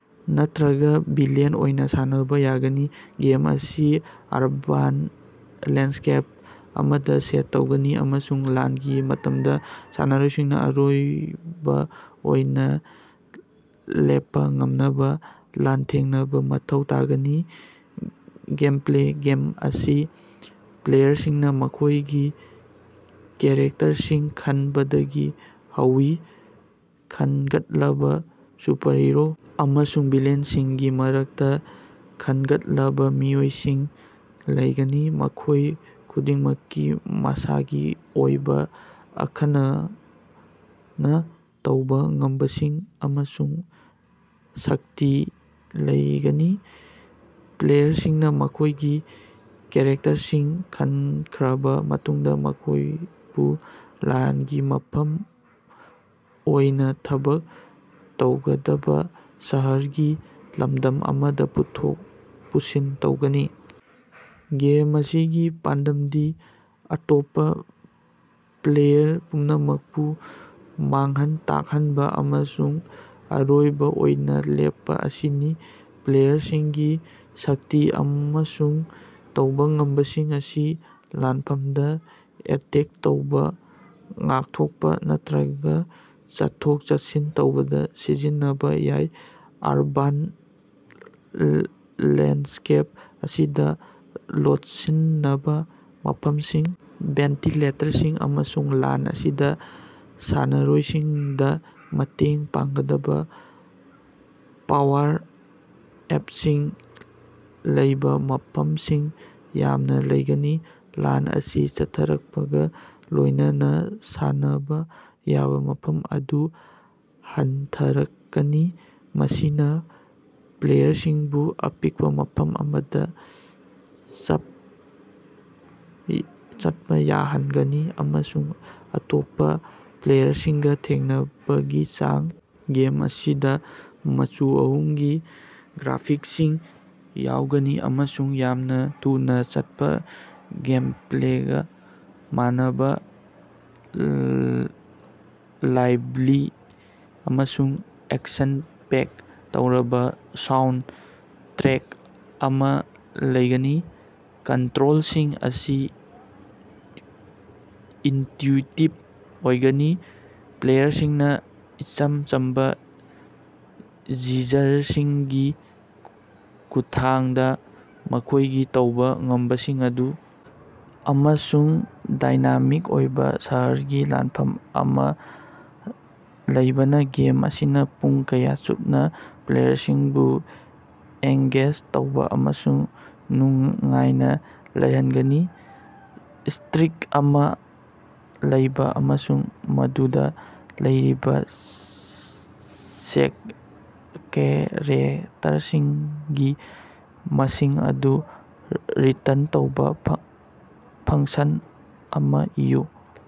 ꯅꯠꯇ꯭ꯔꯒ ꯚꯤꯂꯦꯟ ꯑꯣꯏꯅ ꯁꯥꯟꯅꯕ ꯌꯥꯒꯅꯤ꯫ ꯒꯦꯝ ꯑꯁꯤ ꯑꯔꯕꯥꯟ ꯂꯦꯟꯗꯁ꯭ꯀꯦꯞ ꯑꯃꯗ ꯁꯦꯠ ꯇꯧꯒꯅꯤ ꯑꯃꯁꯨꯡ ꯂꯥꯟꯒꯤ ꯃꯇꯝꯗ ꯁꯥꯟꯅꯔꯣꯏꯁꯤꯡꯅ ꯑꯔꯣꯏꯕ ꯑꯣꯏꯅ ꯂꯦꯞꯄ ꯉꯝꯅꯕ ꯂꯥꯟꯊꯦꯡꯅꯕ ꯃꯊꯧ ꯇꯥꯒꯅꯤ꯫ ꯒꯦꯃꯞꯂꯦ ꯒꯦꯝ ꯑꯁꯤ ꯄ꯭ꯂꯦꯌꯔꯁꯤꯡꯅ ꯃꯈꯣꯏꯒꯤ ꯀꯦꯔꯦꯛꯇꯔꯁꯤꯡ ꯈꯟꯕꯗꯒꯤ ꯍꯧꯏ꯫ ꯈꯟꯒꯠꯂꯕ ꯁꯨꯄꯔꯍꯤꯔꯣ ꯑꯃꯁꯨꯡ ꯚꯤꯂꯦꯟꯁꯤꯡꯒꯤ ꯃꯔꯛꯇ ꯈꯟꯒꯠꯂꯕ ꯃꯤꯑꯣꯏꯁꯤꯡ ꯂꯩꯒꯅꯤ, ꯃꯈꯣꯏ ꯈꯨꯗꯤꯡꯃꯛꯀꯤ ꯃꯁꯥꯒꯤ ꯑꯣꯏꯕ ꯑꯈꯟꯅ ꯇꯧꯕ ꯉꯝꯕꯁꯤꯡ ꯑꯃꯁꯨꯡ ꯁꯛꯇꯤ ꯂꯩꯒꯅꯤ꯫ ꯄ꯭ꯂꯦꯌꯔꯁꯤꯡꯅ ꯃꯈꯣꯏꯒꯤ ꯀꯦꯔꯦꯛꯇꯔꯁꯤꯡ ꯈꯟꯈ꯭ꯔꯕ ꯃꯇꯨꯡꯗ ꯃꯈꯣꯏꯕꯨ ꯂꯥꯟꯒꯤ ꯃꯐꯝ ꯑꯣꯏꯅ ꯊꯕꯛ ꯇꯧꯒꯗꯕ ꯁꯍꯔꯒꯤ ꯂꯝꯗꯝ ꯑꯃꯗ ꯄꯨꯊꯣꯛ ꯄꯨꯁꯤꯟ ꯇꯧꯒꯅꯤ꯫ ꯒꯦꯝ ꯑꯁꯤꯒꯤ ꯄꯥꯟꯗꯝꯗꯤ ꯑꯇꯣꯞꯄ ꯄ꯭ꯂꯦꯌꯔ ꯄꯨꯝꯅꯃꯛꯄꯨ ꯃꯥꯡꯍꯟ ꯇꯥꯛꯍꯟꯕ ꯑꯃꯁꯨꯡ ꯑꯔꯣꯏꯕ ꯑꯣꯏꯅ ꯂꯦꯞꯄ ꯑꯁꯤꯅꯤ꯫ ꯄ꯭ꯂꯦꯌꯔꯁꯤꯡꯒꯤ ꯁꯛꯇꯤ ꯑꯃꯁꯨꯡ ꯇꯧꯕ ꯉꯝꯕꯁꯤꯡ ꯑꯁꯤ ꯂꯥꯟꯐꯃꯝꯗ ꯑꯦꯇꯦꯛ ꯇꯧꯕ, ꯉꯥꯛꯊꯣꯛꯄ ꯅꯠꯇ꯭ꯔꯒ ꯆꯠꯊꯣꯛ-ꯆꯠꯁꯤꯟ ꯇꯧꯕꯗ ꯁꯤꯖꯤꯟꯅꯕ ꯌꯥꯏ꯫ ꯑꯔꯕꯥꯟ ꯂꯦꯟꯗꯁ꯭ꯀꯦꯞ ꯑꯁꯤꯗ ꯂꯣꯠꯁꯤꯟꯅꯕ ꯃꯐꯝꯁꯤꯡ, ꯚꯦꯟꯇꯤꯂꯦꯇꯔꯁꯤꯡ, ꯑꯃꯁꯨꯡ ꯂꯥꯟ ꯑꯁꯤꯗ ꯁꯥꯟꯅꯔꯣꯏꯁꯤꯡꯗ ꯃꯇꯦꯡ ꯄꯥꯡꯒꯗꯕ ꯄꯥꯋꯔ-ꯑꯞꯁꯤꯡ ꯂꯩꯕ ꯃꯐꯃꯁꯤꯡ ꯌꯥꯝꯅ ꯂꯩꯒꯅꯤ꯫ ꯂꯥꯟ ꯑꯁꯤ ꯆꯠꯊꯔꯛꯄꯒ ꯂꯣꯏꯅꯅ ꯁꯥꯟꯅꯕ ꯌꯥꯕ ꯃꯐꯝ ꯑꯗꯨ ꯍꯟꯊꯔꯛꯀꯅꯤ, ꯃꯁꯤꯅ ꯄ꯭ꯂꯦꯌꯔꯁꯤꯡꯕꯨ ꯑꯄꯤꯛꯄ ꯃꯐꯝ ꯑꯃꯗ ꯆꯠꯄ ꯌꯥꯍꯟꯒꯅꯤ ꯑꯃꯁꯨꯡ ꯑꯇꯣꯞꯄ ꯄ꯭ꯂꯦꯌꯔꯁꯤꯡꯒ ꯊꯦꯡꯅꯕꯒꯤ ꯆꯥꯡ ꯒꯦꯝ ꯑꯁꯤꯗ ꯃꯆꯨ ꯑꯍꯨꯝꯒꯤ ꯒ꯭ꯔꯥꯐꯤꯛꯁꯤꯡ ꯌꯥꯎꯒꯅꯤ ꯑꯃꯁꯨꯡ ꯌꯥꯝꯅ ꯊꯨꯅ ꯆꯠꯄ ꯒꯦꯝꯄ꯭ꯂꯦꯒ ꯃꯥꯟꯅꯕ ꯂꯥꯏꯚꯂꯤ ꯑꯃꯁꯨꯡ ꯑꯦꯛꯁꯟ-ꯄꯦꯛ ꯇꯧꯔꯕ ꯁꯥꯎꯟꯗ ꯇ꯭ꯔꯦꯛ ꯑꯃ ꯂꯩꯒꯅꯤ꯫ ꯀꯟꯇ꯭ꯔꯣꯜꯁꯤꯡ ꯑꯁꯤ ꯏꯟꯇ꯭ꯌꯨꯏꯇꯤꯚ ꯑꯣꯏꯒꯅꯤ, ꯄ꯭ꯂꯦꯌꯔꯁꯤꯡꯅ ꯏꯆꯝ ꯆꯝꯕ ꯖꯤꯖꯔꯁꯤꯡꯒꯤ ꯈꯨꯠꯊꯥꯡꯗ ꯃꯈꯣꯏꯒꯤ ꯇꯧꯕ ꯉꯝꯕꯁꯤꯡ ꯑꯗꯨ ꯑꯃꯁꯨꯡ ꯗꯥꯏꯅꯥꯃꯤꯛ ꯑꯣꯏꯕ ꯁꯍꯔꯒꯤ ꯂꯥꯟꯐꯝ ꯑꯃ ꯂꯩꯕꯅ ꯒꯦꯝ ꯑꯁꯤꯅ ꯄꯨꯡ ꯀꯌꯥ ꯆꯨꯞꯅ ꯄ꯭ꯂꯦꯌꯔꯁꯤꯡꯕꯨ ꯑꯦꯡꯒꯦꯖ ꯇꯧꯕ ꯑꯃꯁꯨꯡ ꯅꯨꯡꯉꯥꯏꯅ ꯂꯩꯍꯟꯒꯅꯤ꯫ ꯁ꯭ꯇꯔꯤꯡ ꯑꯃ ꯂꯧꯕ ꯑꯃꯁꯨꯡ ꯃꯗꯨꯗ ꯂꯩꯔꯤꯕ ꯆꯦꯛꯔꯦꯇꯔꯁꯤꯡꯒꯤ ꯃꯁꯤꯡ ꯑꯗꯨ ꯔꯤꯇꯔꯟ ꯇꯧꯕ ꯐꯪꯁꯟ ꯑꯃ ꯏꯌꯨ꯫